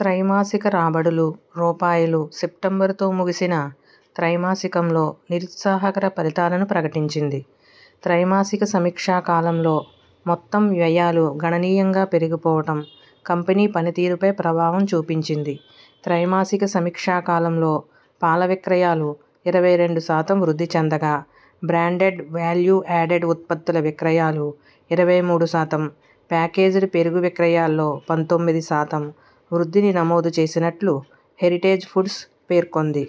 త్రైమాసిక రాబడులు, రూపాయలు, సెప్టెంబరుతో ముగిసిన త్రైమాసికంలో నిరుత్సాహకర ఫలితాలను ప్రకటించింది. త్రైమాసిక సమీక్షా కాలంలో మొత్తం వ్యయాలు గణనీయంగా పెరిగిపోవటం కంపెనీ పనితీరుపై ప్రభావం చూపించింది. త్రైమాసిక సమీక్షా కాలంలో పాల విక్రయాలు ఇరవై రెండు శాతం వృద్ధి చెందగా బ్రాండెడ్ వాల్యూ యాడెడ్ ఉత్పత్తుల విక్రయాలు ఇరవై మూడు శాతం, ప్యాకేజ్డ్ పెరుగు విక్రయాల్లో పంతొమ్మిది శాతం వృద్ధిని నమోదు చేసినట్లు హెరిటేజ్ ఫుడ్స్ పేర్కొంది.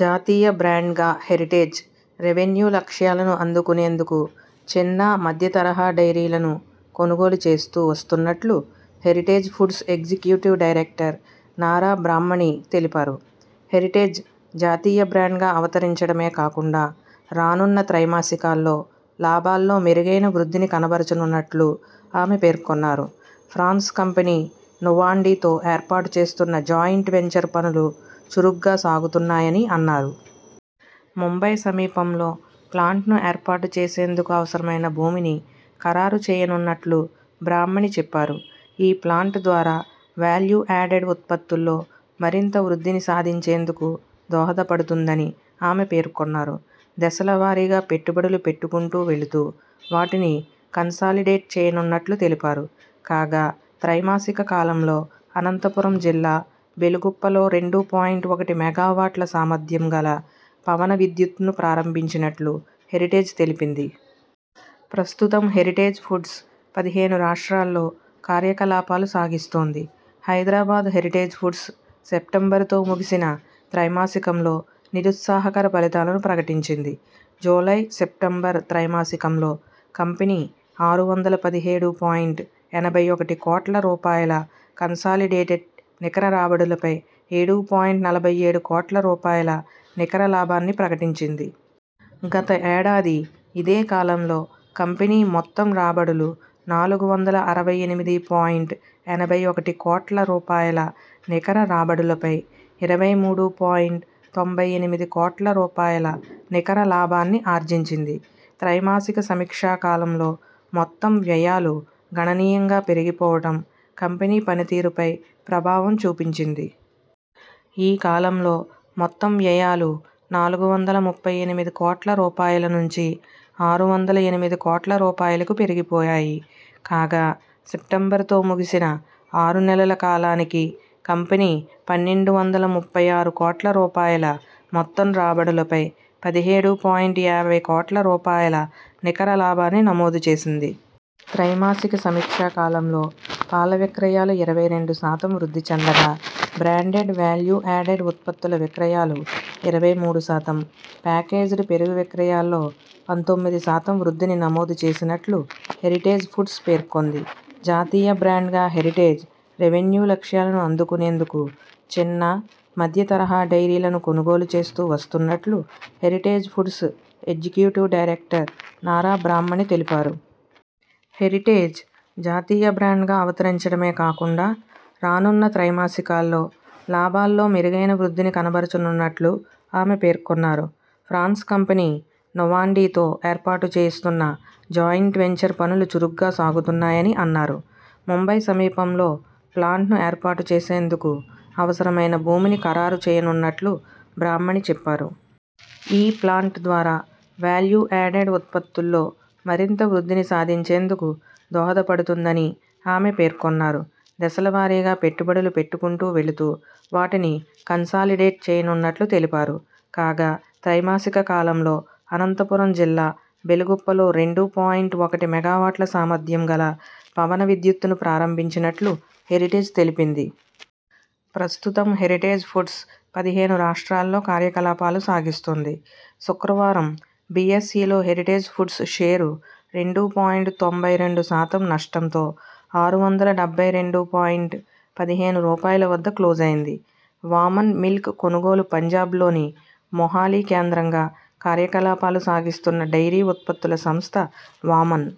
జాతీయ బ్రాండ్గా హెరిటేజ్.. రెవెన్యూ లక్ష్యాలను అందుకునేందుకు చిన్న, మధ్యతరహా డెయిరీలను కొనుగోలు చేస్తూ వస్తున్నట్లు Heritage Foods executive director Nara Brahmani తెలిపారు. హెరిటేజ్ జాతీయ బ్రాండ్గా అవతరించటమే కాకుండా రానున్న త్రైమాసికాల్లో లాభాల్లో మెరుగైన వృద్ధిని కనబరచనున్నట్లు ఆమె పేర్కొన్నారు. ఫ్రాన్స్ కంపెనీ నొవాండీతో ఏర్పాటు చేస్తున్న జాయింట్ వెంచర్ పనులు చురుగ్గా సాగుతున్నాయని అన్నారు. ముంబై సమీపంలో ప్లాంట్ను ఏర్పాటు చేసేందుకు అవసరమైన భూమిని ఖరారు చేయనున్నట్లు బ్రాహ్మణి చెప్పారు. ఈ ప్లాంట్ ద్వారా వాల్యూ యాడెడ్ ఉత్పత్తుల్లో మరింత వృద్ధిని సాధించేందుకు దోహదపడుతుందని ఆమె పేర్కొన్నారు. దశలవారీగా పెట్టుబడులు పెట్టుకుంటూ వెళుతూ వాటిని కన్సాలిడేట్ చేయనున్నట్లు తెలిపారు. కాగా త్రైమాసిక కాలంలో అనంతపురం జిల్లా బెలుగుప్పలో రెండు పాయింట్ ఒకటి మెగావాట్ల సామర్థ్యం గల పవన విద్యుత్ను ప్రారంభించినట్లు హెరిటేజ్ తెలిపింది. ప్రస్తుతం హెరిటేజ్ ఫుడ్స్ పదిహేను రాష్ట్రాల్లో కార్యకలాపాలు సాగిస్తోంది. హైదరాబాద్ హెరిటేజ్ ఫుడ్స్.. సెప్టెంబరుతో ముగిసిన త్రైమాసికంలో నిరుత్సాహకర ఫలితాలను ప్రకటించింది. జూలై-సెప్టెంబరు త్రైమాసికంలో కంపెనీ ఆరు వందల పదిహేడు పాయింట్ ఎనభై ఒకటి కోట్ల రూపాయల కన్సాలిడేటెడ్ నికర రాబడులపై ఏడు పాయింట్ నలభై ఏడు కోట్ల రూపాయల నికర లాభాన్ని ప్రకటించింది. గత ఏడాది ఇదేకాలంలో కంపెనీ మొత్తం రాబడులు నాలుగు వందల అరవై ఎనిమిది పాయింట్ ఎనభై ఒకటి కోట్ల రూపాయల నికర రాబడులపై ఇరవై మూడు పాయింట్ తొంభై ఎనిమిది కోట్ల రూపాయల నికర లాభాన్ని ఆర్జించింది. త్రైమాసిక సమీ క్షా కాలంలో మొత్తం వ్యయాలు గణనీయంగా పెరిగిపోవటం కంపెనీ పనితీరుపై ప్రభావం చూపించింది. ఈ కాలంలో మొత్తం వ్యయాలు నాలుగు వందల ముప్పై ఎనిమిది కోట్ల రూపాయల నుంచి ఆరు వందల ఎనిమిది కోట్ల రూపాయలకు పెరిగిపోయాయి. కాగా సెప్టెంబరుతో ముగిసిన ఆరు నెలల కాలానికి కంపెనీ పన్నెండు వందల ముప్పై ఆరు కోట్ల రూపాయల మొత్తం రాబడులపై పదిహేడు పాయింట్ యాభై కోట్ల రూపాయల నికర లాభాన్ని నమోదు చేసింది. త్రైమాసిక సమీక్షా కాలంలో పాల విక్రయాలు ఇరవై రెండు శాతం వృద్ధి చెందగా బ్రాండెడ్ వాల్యూ యాడెడ్ ఉత్పత్తుల విక్రయాలు ఇరవై మూడు శాతం, ప్యాకేజ్డ్ పెరుగు విక్రయాల్లో పంతొమ్మిది శాతం వృద్ధిని నమోదు చేసినట్లు హెరిటేజ్ ఫుడ్స్ పేర్కొంది. జాతీయ బ్రాండ్గా హెరిటేజ్.. రెవెన్యూ లక్ష్యాలను అందుకునేందుకు చిన్న, మధ్యతరహా డెయిరీలను కొనుగోలు చేస్తూ వస్తున్నట్లు Heritage Foods executive director Nara Brahmani తెలిపారు. హెరిటేజ్ జాతీయ బ్రాండ్గా అవతరించటమే కాకుండా రానున్న త్రైమాసికాల్లో లాభాల్లో మెరుగైన వృద్ధిని కనబరచనున్నట్లు ఆమె పేర్కొన్నారు. ఫ్రాన్స్ కంపెనీ నొవాండీతో ఏర్పాటు చేస్తున్న జాయింట్ వెంచర్ పనులు చురుగ్గా సాగుతున్నాయని అన్నారు. ముంబై సమీపంలో ప్లాంట్ను ఏర్పాటు చేసేందుకు అవసరమైన భూమిని ఖరారు చేయనున్నట్లు బ్రాహ్మణి చెప్పారు. ఈ ప్లాంట్ ద్వారా వాల్యూ యాడెడ్ ఉత్పత్తుల్లో మరింత వృద్ధిని సాధించేందుకు దోహదపడుతుందని ఆమె పేర్కొన్నారు. దశలవారీగా పెట్టుబడులు పెట్టుకుంటూ వెళుతూ వాటిని కన్సాలిడేట్ చేయనున్నట్లు తెలిపారు. కాగా త్రైమాసిక కాలంలో అనంతపురం జిల్లా బెలుగుప్పలో రెండు పాయింట్ ఒకటి మెగావాట్ల సామర్థ్యం గల పవన విద్యుత్ను ప్రారంభించినట్లు హెరిటేజ్ తెలిపింది. ప్రస్తుతం హెరిటేజ్ ఫుడ్స్ పదిహేను రాష్ట్రాల్లో కార్యకలాపాలు సాగిస్తోంది. శుక్రవారం బిఎ్సఇలో హెరిటేజ్ ఫుడ్స్ షేరు రెండు పాయింట్ తొంభై రెండు శాతం నష్టంతో ఆరు వందల డెబ్బై రెండు పాయింట్ పదిహేను రూపాయల వద్ద క్లోజైంది. వామన్ మిల్క్ కొనుగోలుపంజాబ్లోని మొహాలీ కేంద్రంగా కార్యకలాపాలు సాగిస్తున్న డెయిరీ ఉత్పత్తుల సంస్థ వామన్.